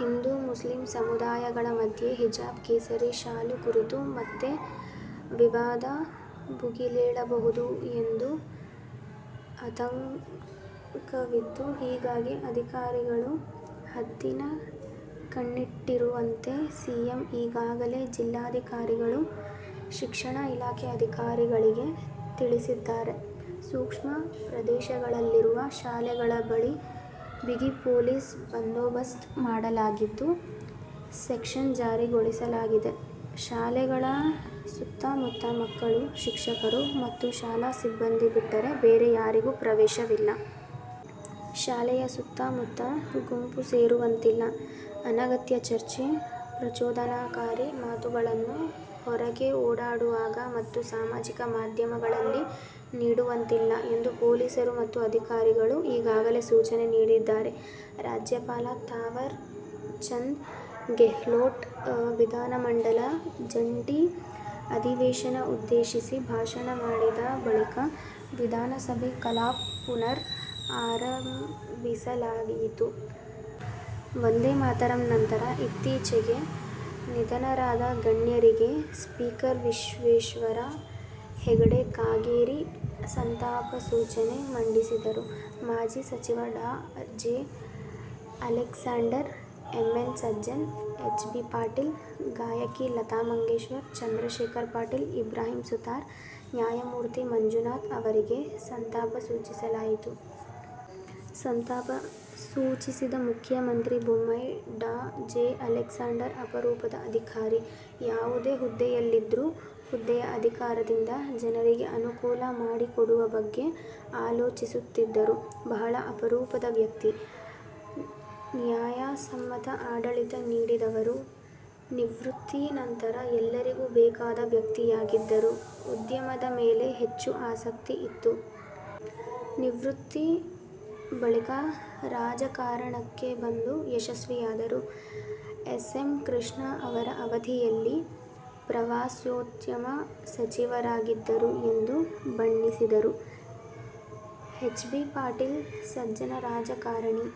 ಹಿಂದೂ-ಮುಸ್ಲಿಂ ಸಮುದಾಯಗಳ ಮಧ್ಯೆ ಹಿಜಾಬ್-ಕೇಸರಿ ಶಾಲು ಕುರಿತು ಮತ್ತೆ ವಿವಾದ ಭುಗಿಲೇಳಬಹುದು ಎಂಬ ಆತಂಕವಿದ್ದು ಹೀಗಾಗಿ ಅಧಿಕಾರಿಗಳು ಹದ್ದಿನ ಕಣ್ಣಿಟ್ಟಿರುವಂತೆ ಸಿಎಂ ಈಗಾಗಲೇ ಜಿಲ್ಲಾಧಿಕಾರಿಗಳು, ಶಿಕ್ಷಣ ಇಲಾಖೆ ಅಧಿಕಾರಿಗಳಿಗೆ ತಿಳಿಸಿದ್ದಾರೆ. ಸೂಕ್ಷ್ಮ ಪ್ರದೇಶಗಳಲ್ಲಿರುವ ಶಾಲೆಗಳ ಬಳಿ ಬಿಗಿ ಪೊಲೀಸ್ ಬಂದೋಬಸ್ತ್ ಮಾಡಲಾಗಿದ್ದು, ಸೆಕ್ಷನ್ ಜಾರಿಗೊಳಿಸಲಾಗಿದೆ. ಶಾಲೆಗಳ ಸುತ್ತಮುತ್ತ ಮಕ್ಕಳು, ಶಿಕ್ಷಕರು ಮತ್ತು ಶಾಲಾ ಸಿಬ್ಬಂದಿ ಬಿಟ್ಟರೆ ಬೇರೆ ಯಾರಿಗೂ ಪ್ರವೇಶವಿಲ್ಲ. ಶಾಲೆಯ ಸುತ್ತಮುತ್ತ ಗುಂಪು ಸೇರುವಂತಿಲ್ಲ. ಅನಗತ್ಯ ಚರ್ಚೆ, ಪ್ರಚೋದನಾಕಾರಿ ಮಾತುಗಳನ್ನು ಹೊರಗೆ ಓಡಾಡುವಾಗ ಮತ್ತು ಸಾಮಾಜಿಕ ಮಾಧ್ಯಮಗಳಲ್ಲಿ ನೀಡುವಂತಿಲ್ಲ ಎಂದು ಪೊಲೀಸರು ಮತ್ತು ಅಧಿಕಾರಿಗಳು ಈಗಾಗಲೇ ಸೂಚನೆ ನೀಡಿದ್ದಾರೆ. ರಾಜ್ಯಪಾಲ ಥಾವರ್ ಚಂದ್ ಗೆಹ್ಲೋಟ್ ವಿಧಾನಮಂಡಲ ಜಂಟಿ ಅಧಿವೇಶನ ಉದ್ದೇಶಿಸಿ ಭಾಷಣ ಮಾಡಿದ ಬಳಿಕ ವಿಧಾನಸಭೆ ಕಲಾಪ ಪುನರ್ ಆರಂಭಿಸಲಾಯಿತು. ವಂದೇ ಮಾತರಂ ನಂತರ ಇತ್ತೀಚೆಗೆ ನಿಧನರಾದ ಗಣ್ಯರಿಗೆ ಸ್ಪೀಕರ್ ವಿಶ್ವೇಶ್ವರ ಹೆಗಡೆ ಕಾಗೇರಿ ಸಂತಾಪ ಸೂಚನೆ ಮಂಡಿಸಿದರು. ಮಾಜಿ ಸಚಿವ ಡಾ. J. Alexander, M N Sajjan, H. B Patil, ಗಾಯಕಿ ಲತಾ ಮಂಗೇಶ್ಕರ್, ಚಂದ್ರಶೇಖರ್ ಪಾಟೀಲ್, ಇಬ್ರಾಹಿಂ ಸುತಾರ್, ನ್ಯಾಯಮೂರ್ತಿ ಮಂಜುನಾಥ್ ಅವರಿಗೆ ಸಂತಾಪ ಸೂಚಿಸಲಾಯಿತು. ಸಂತಾಪ ಸೂಚಿಸಿದ ಮುಖ್ಯಮಂತ್ರಿ ಬೊಮ್ಮಾಯಿ ಡಾ. ಜೆ ಅಲೆಗ್ಸಾಂಡರ್ ಅಪರೂಪದ ಅಧಿಕಾರಿ. ಯಾವುದೇ ಹುದ್ದೆಯಲ್ಲಿದ್ರೂ, ಹುದ್ದೆಯ ಅಧಿಕಾರಕ್ಕಿಂತ, ಜನರಿಗೆ ಅನುಕೂಲ ಮಾಡಿಕೊಡುವ ಬಗ್ಗೆ ಅಲೋಚಿಸುತ್ತಿದ್ದರು. ಬಹಳ ಅಪರೂಪದ ವ್ಯಕ್ತಿ. ನ್ಯಾಯಸಮ್ಮತ ಆಡಳಿತ ನೀಡಿದವರು. ನಿವೃತ್ತಿ ನಂತರ ಎಲ್ಲರಿಗೂ ಬೇಕಾದ ವ್ಯಕ್ತಿಯಾಗಿದ್ದರು. ಉದ್ಯಮದ ಮೇಲೆ ಹೆಚ್ಚು ಆಸಕ್ತಿ ಇತ್ತು. ನಿವೃತ್ತಿ ಬಳಿಕ ರಾಜಕಾರಣಕ್ಕೆ ಬಂದು ಯಶಸ್ವಿಯಾದರು. ಎಸ್. ಎಂ. ಕೃಷ್ಣಾ ಅವರ ಅವಧಿಯಲ್ಲಿ ಪ್ರವಾಸೋದ್ಯಮ ಸಚಿವರಾಗಿದ್ದರು ಎಂದು ಬಣ್ಣಿಸಿದರು. ಹೆಚ್. ಬಿ ಪಾಟೀಲ್ ಸಜ್ಜನ ರಾಜಕಾರಣಿ.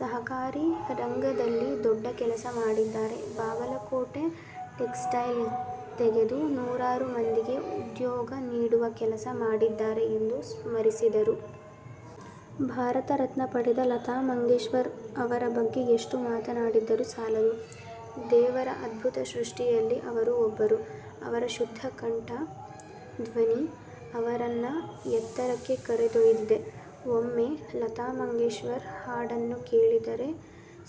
ಸಹಕಾರಿ ರಂಗದಲ್ಲಿ ದೊಡ್ಡ ಕೆಲಸ ಮಾಡಿದ್ದಾರೆ. ಬಾಗಲಕೋಟೆ ಟೆಕ್ಸ್ಟೈಲ್ ತೆಗೆದು ನೂರಾರು ಮಂದಿಗೆ ಉದ್ಯೋಗ ನೀಡುವ ಕೆಲಸ ಮಾಡಿದ್ದಾರೆ ಎಂದು ಸ್ಮರಿಸಿದರು. ಭಾರತ ರತ್ನ ಪಡೆದ ಲತಾ ಮಂಗೇಶ್ಕರ್ ಅವರ ಬಗ್ಗೆ ಎಷ್ಟು ಮಾತನಾಡಿದರು ಸಾಲದು. ದೇವರ ಅದ್ಭುತ ಸೃಷ್ಟಿಯಲ್ಲಿ ಅವರು ಒಬ್ಬರು. ಅವರ ಶುದ್ಧ ಕಂಠ, ಧ್ವನಿ ಅವರನ್ನ ಎತ್ತರಕ್ಕೆ ಕರೆದೊಯ್ದಿದೆ. ಒಮ್ಮೆ, ಲತಾ ಮಂಗೇಶ್ಕರ್ ಹಾಡನ್ನು ಕೇಳಿದರೆ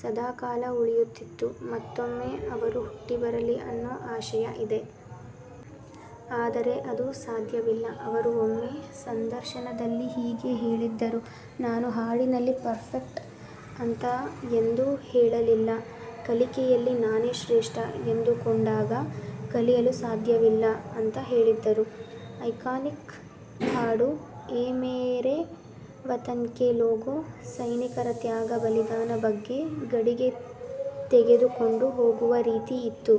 ಸದಾಕಾಲ ಉಳಿಯುತ್ತಿತ್ತು. ಮತ್ತೊಮ್ಮೆ ಅವರು ಹುಟ್ಟಿಬರಲಿ ಅನ್ನೋ ಆಶಯ ಇದೆ. ಆದರೆ, ಅದು ಸಾಧ್ಯವಿಲ್ಲ. ಅವರು ಒಮ್ಮೆ, ಸಂದರ್ಶನದಲ್ಲಿ ಹೀಗೆ ಹೇಳಿದ್ದರು, ನಾನು ಹಾಡಿನಲ್ಲಿ ಪರ್ಫೆಕ್ಟ್ ಅಂತ ಎಂದೂ ಹೇಳಲಿಲ್ಲ. ಕಲಿಕೆಯಲ್ಲಿ ನಾನೇ ಶ್ರೇಷ್ಠ ಎಂದುಕೊಂಡಾಗ, ಕಲಿಯಲು ಸಾಧ್ಯವಿಲ್ಲ ಅಂತ ಹೇಳಿದ್ದರು. ಐಕಾನಿಕ್ ಹಾಡು ಎ ಮೇರೆ ವತನ್ಕಿ ಲೋಗೋ.. ಸೈನಿಕರ ತ್ಯಾಗ ಬಲಿದಾನ ಬಗ್ಗೆ ಗಡಿಗೆ ತೆಗೆದುಕೊಂಡು ಹೋಗುವ ರೀತಿ ಇತ್ತು.